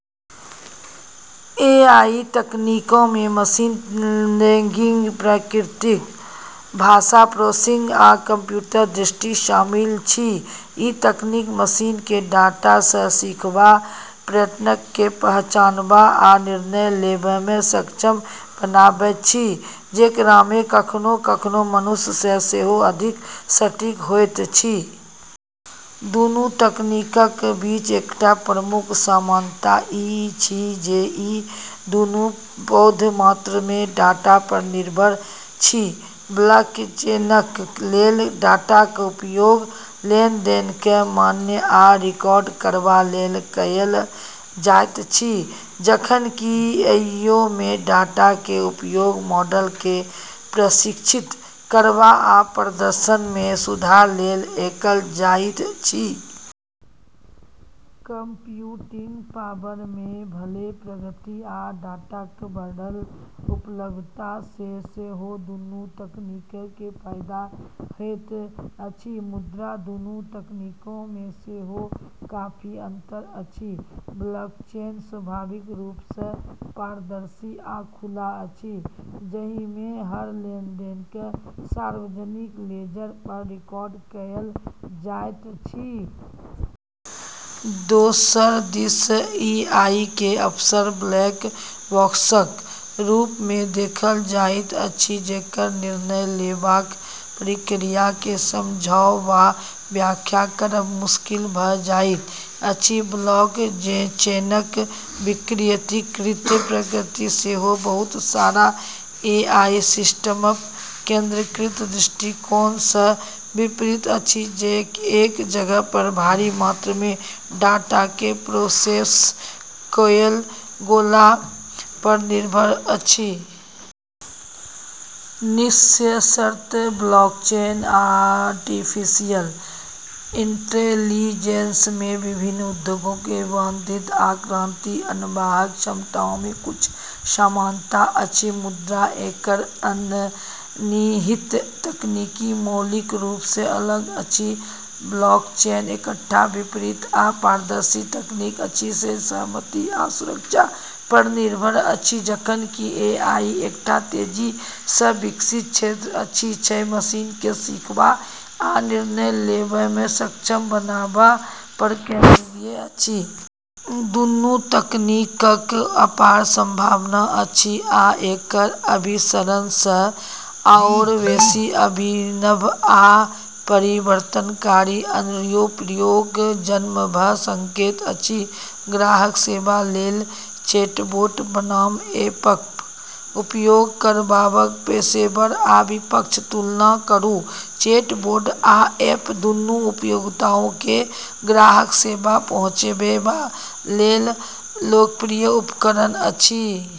AI तकनीकमे machine learning, प्राकृतिक भाषा प्रोसेसिंग, आ कंप्यूटर दृष्टि शामिल अछि। ई तकनीक मशीनकेँ डाटा सँ सीखबा, पैटर्नकेँ पहचानबा आ निर्णय लेबामे सक्षम बनाबैत अछि, जेकरामे कखनो-कखनो मनुष्य सँ सेहो अधिक सटीक होइत अछि। दुनू तकनीकक बीच एकटा प्रमुख समानता ई अछि जे ई दुनू पैघ मात्रामे डाटा पर निर्भर अछि। ब्लॉकचेनक लेल, डाटाक उपयोग लेनदेनकेँ मान्य आ रिकॉर्ड करबा लेल कएल जाइत अछि जखन कि एआईमे, डाटाक उपयोग मॉडलकेँ प्रशिक्षित करबा आ प्रदर्शनमे सुधार लेल कएल जाइत अछि। कंप्यूटिंग पावरमे भेल प्रगति आ डाटाक बढ़ल उपलब्धता सँ सेहो दुनू तकनीककेँ फायदा होइत अछि। मुदा, दुनू तकनीकमे सेहो काफी अंतर अछि। ब्लॉकचेन स्वाभाविक रूप सँ पारदर्शी आ खुला अछि, जाहिमे हर लेनदेनकेँ सार्वजनिक लेजर पर रिकॉर्ड कएल जाइत अछि। दोसर दिस एआईकेँ अक्सर ब्लैक बॉक्सक रूपमे देखल जाइत अछि, जेकर निर्णय लेबाक प्रक्रियाकेँ समझब वा व्याख्या करब मुश्किल भ’ जाइत अछि। ब्लॉकचेनक विकेंद्रीकृत प्रकृति सेहो बहुत सारा एआई सिस्टमक केंद्रीकृत दृष्टिकोण सँ विपरीत अछि, जे एक जगह पर भारी मात्रामे डाटाकेँ प्रोसेस कएल गेला पर निर्भर अछि। निष्कर्षतः, ब्लॉकचेन आ आर्टिफिशियल इंटेलिजेंसमे विभिन्न उद्योगकेँ बाधित आ क्रांति आनबाक क्षमतामे किछु समानता अछि, मुदा एकर अंतर्निहित तकनीक मौलिक रूप सँ अलग अछि। ब्लॉकचेन एकटा वितरित आ पारदर्शी तकनीक अछि जे सहमति आ सुरक्षा पर निर्भर अछि, जखन कि एआई एकटा तेजी सँ विकसित क्षेत्र अछि जे मशीनकेँ सीखबा आ निर्णय लेबामे सक्षम बनाबा पर केंद्रित अछि। दुनू तकनीकक अपार संभावना अछि, आ एकर अभिसरण सँ आओर बेसि अभिनव आ परिवर्तनकारी अनुप्रयोगक जन्म भ’ सकैत अछि। ग्राहक सेवा लेल चैटबोट बनाम ऐपक उपयोग करबाक पेशेवर आ विपक्षक तुलना करू। चैटबोट आ ऐप दुनू उपयोगकर्ताकेँ ग्राहक सेवा पहुँचेबा लेल लोकप्रिय उपकरण अछि।